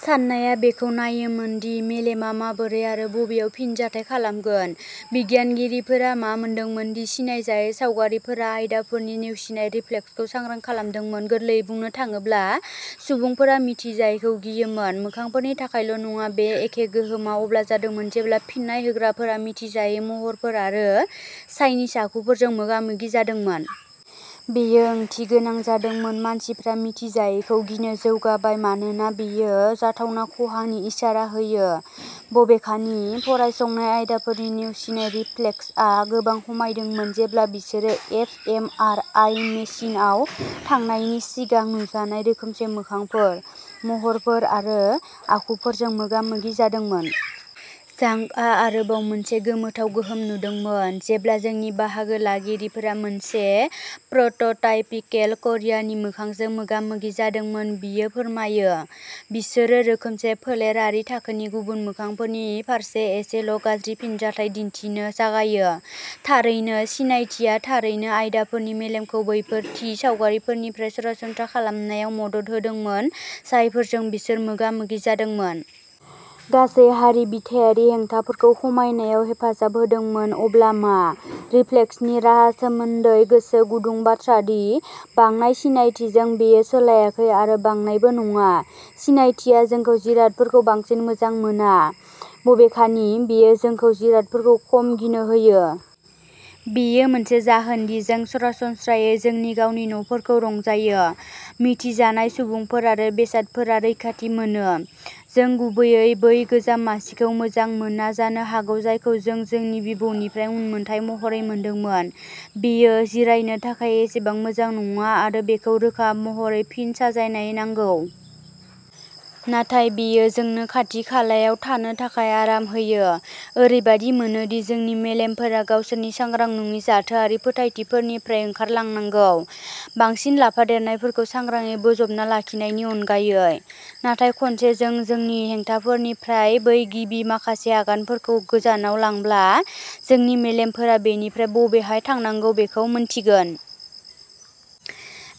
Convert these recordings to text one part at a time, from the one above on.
साननाया बेखौ नायनोमोन दि मेलेमआ माबोरै आरो बबेयाव फिनजाथाय खालामगोन। बिगियानगिरिफोरा मा मोनदोंमोन दि सिनायजायै सावगारिफोरा आयदाफोरनि नेवसिनाय रिफ्लेक्सखौ सांग्रां खालामदोंमोन गोरलैयै बुंनो थाङोब्ला, सुबुंफोरा मिथिजायैखौ गियोमोन। मोखांफोरनि थाखायल' नङा, बे एखे गोहोमआ अब्ला जादोंमोन जेब्ला फिन्नाय होग्राफोरा मिथिजायै महरफोर आरो चाइनिज आखुफोरजों मोगा मोगि जादोंमोन। बेयो ओंथिगोनां जादोंमोन मानसिफ्रा मिथिजायैखौ गिनो जौगाबाय मानोना बेयो जाथावना खहानि इसारा होयो। बबेखानि, फरायसंनाय आयदाफोरनि नेवसिनाय रिफ्लेक्सआ गोबां खमायदोंमोन जेब्ला बिसोरो एफ एम आर आइ मेसिनआव थांनायनि सिगां नुजानाय रोखोमसे मोखांफोर, महरफोर आरो आखुफोरजों मोगा मोगि जादोंमोन। झांगआ आरोबाव मोनसे गोमोथाव गोहोम नुदोंमोन। जेब्ला जोंनि बाहागो लागिरिफोरा मोनसे प्रोटोटाइपिकेल क'रियानि मोखांजों मोगा मोगि जादोंमोन बियो फोरमायो, बिसोरो रोखोमसे फोलेरारि थाखोनि गुबुन मोखांफोरनि फारसे एसेल' गाज्रि फिनजाथाय दिनथिनो जागायो। थारैनो, सिनायथिआ थारैनो आयदाफोरनि मेलेमखौ बैफोर थि सावगारिफोरनिफ्राय सरासनस्रा खालामनायाव मदद होदोंमोन जायफोरजों बिसोर मोगा मोगि जादोंमोन। गासै हारि बिथायारि हेंथाफोरखौ खमायनायाव हेफाजाब होदोंमोन। अब्ला मा? रिफ्लेक्सनि राहा सोमोन्दै, गोसो गुदुं बाथ्रा दि, बांनाय सिनायथिजों, बेयो सोलायाखै आरो बांनायबो नङा। सिनायथिआ जोंखौ जिरादफोरखौ बांसिन मोजां मोना। बबेखानि, बेयो जोंखौ जिरादफोरखौ खम गिनो होयो। बेयो मोनसे जाहोन दि जों सरासनस्रायै जोंनि गावनि न'फोरखौ रंजायो। मिथिजानाय सुबुंफोर आरो बेसादफोरा रैखाथि मोनो। जों गुबैयै बै गोजाम मासिखौ मोजां मोना जानो हागौ जायखौ जों जोंनि बिबौनिफ्राय उनमोनथाइ महरै मोनदोंमोन बेयो जिरायनो थाखाय एसेबां मोजां नङा आरो बेखौ रोखा महरै फिन साजायनाय नांगौ । नाथाय बेयो जोंनो खाथि-खालायाव थानो थाखाय आराम होयो। ओरैबादि मोनोदि जोंनि मेलेमफोरा गावसोरनि सांग्रां नङि जाथोआरि फोथायथिफोरनिफ्राय ओंखारलांनांगौ, बांसिन लाफादेरनायफोरखौ सांग्राङै बोजबना लाखिनायनि अनगायै। नाथाय खनसे जों जोंनि हेंथाफोरनिफ्राय बै गिबि माखासे आगानफोरखौ गोजानाव लांब्ला, जोंनि मेलेमफोरा बेनिफ्राय बबेहाय थांनांगौ बेखौ मिन्थिगोन।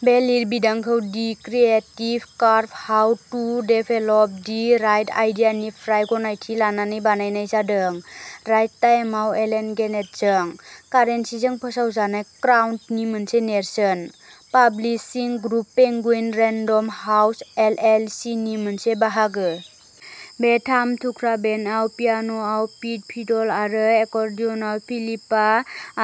बे लिरबिदांखौ the creative curve how to develop the right आइडियानिफ्राय गनायथि लानानै बानायनाय जादों, राइट टाइमआव एलेन गेनेटजों। कारेन्सिजों फोसावजानाय, क्राउननि मोनसे नेरसोन। Publishing group, Penguin Random House L L C नि मोनसे बाहागो। बे थाम थुख्रा बेन्डआव पियान' आव पीट, फिडल आरो एकर्डियनआव फिलिपा,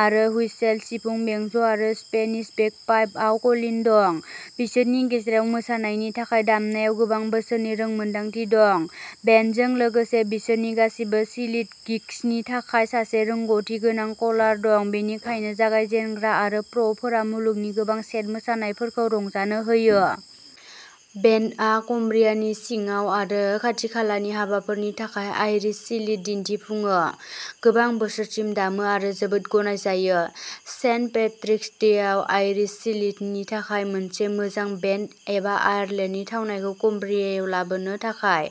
आरो हुइसेल, सिफुं, बेंज'आरो स्पेनिश बेगपाइप आव कलिन दं। बिसोरनि गेजेराव मोसानायनि थाखाय दामनायाव गोबां बोसोरनि रोंमोनदांथि दं। बेन्डजों लोगोसे बिसोरनि गासिबो सिलिध गिग्सनि थाखाय सासे रोंग'थि गोनां कलार दं, बेनिखायनो जागायजेनग्रा आरो प्र'फोरा मुलुगनि गोबां सेट मोसानायफोरखौ रंजानो हायो। बेन्डआ कम्ब्रियानि सिङाव आरो खाथि-खालानि हाबाफोरनि थाखाय आइरिश सिलिध दिन्थिफुङो। गोबां बोसोरसिम दामो आरो जोबोद गनायजायो। सेन्ट पेट्रिक'स डे'आव आइरिश सिलिध नि थाखाय मोनसे मोजां बेन्ड, एबा आयारलेन्डनि थावनायखौ कम्ब्रियायाव लाबोनो थाखाय।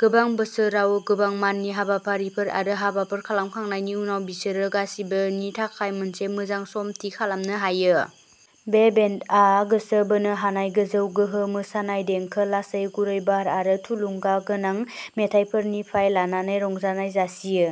गोबां बोसोराव गोबां माननि हाबाफारिफोर आरो हाबाफोर खालामखांनायनि उनाव बिसोरो गासिबोनि थाखाय मोनसे मोजां सम थि खालामनो हायो। बे बेन्डआ गोसो बोनो हानाय गोजौ गोहो मोसानाय देंखो, लासै गुरै बार आरो थुलुंगा गोनां मेथाइफोरनिफ्राय लानानै रंजानाय जासियो।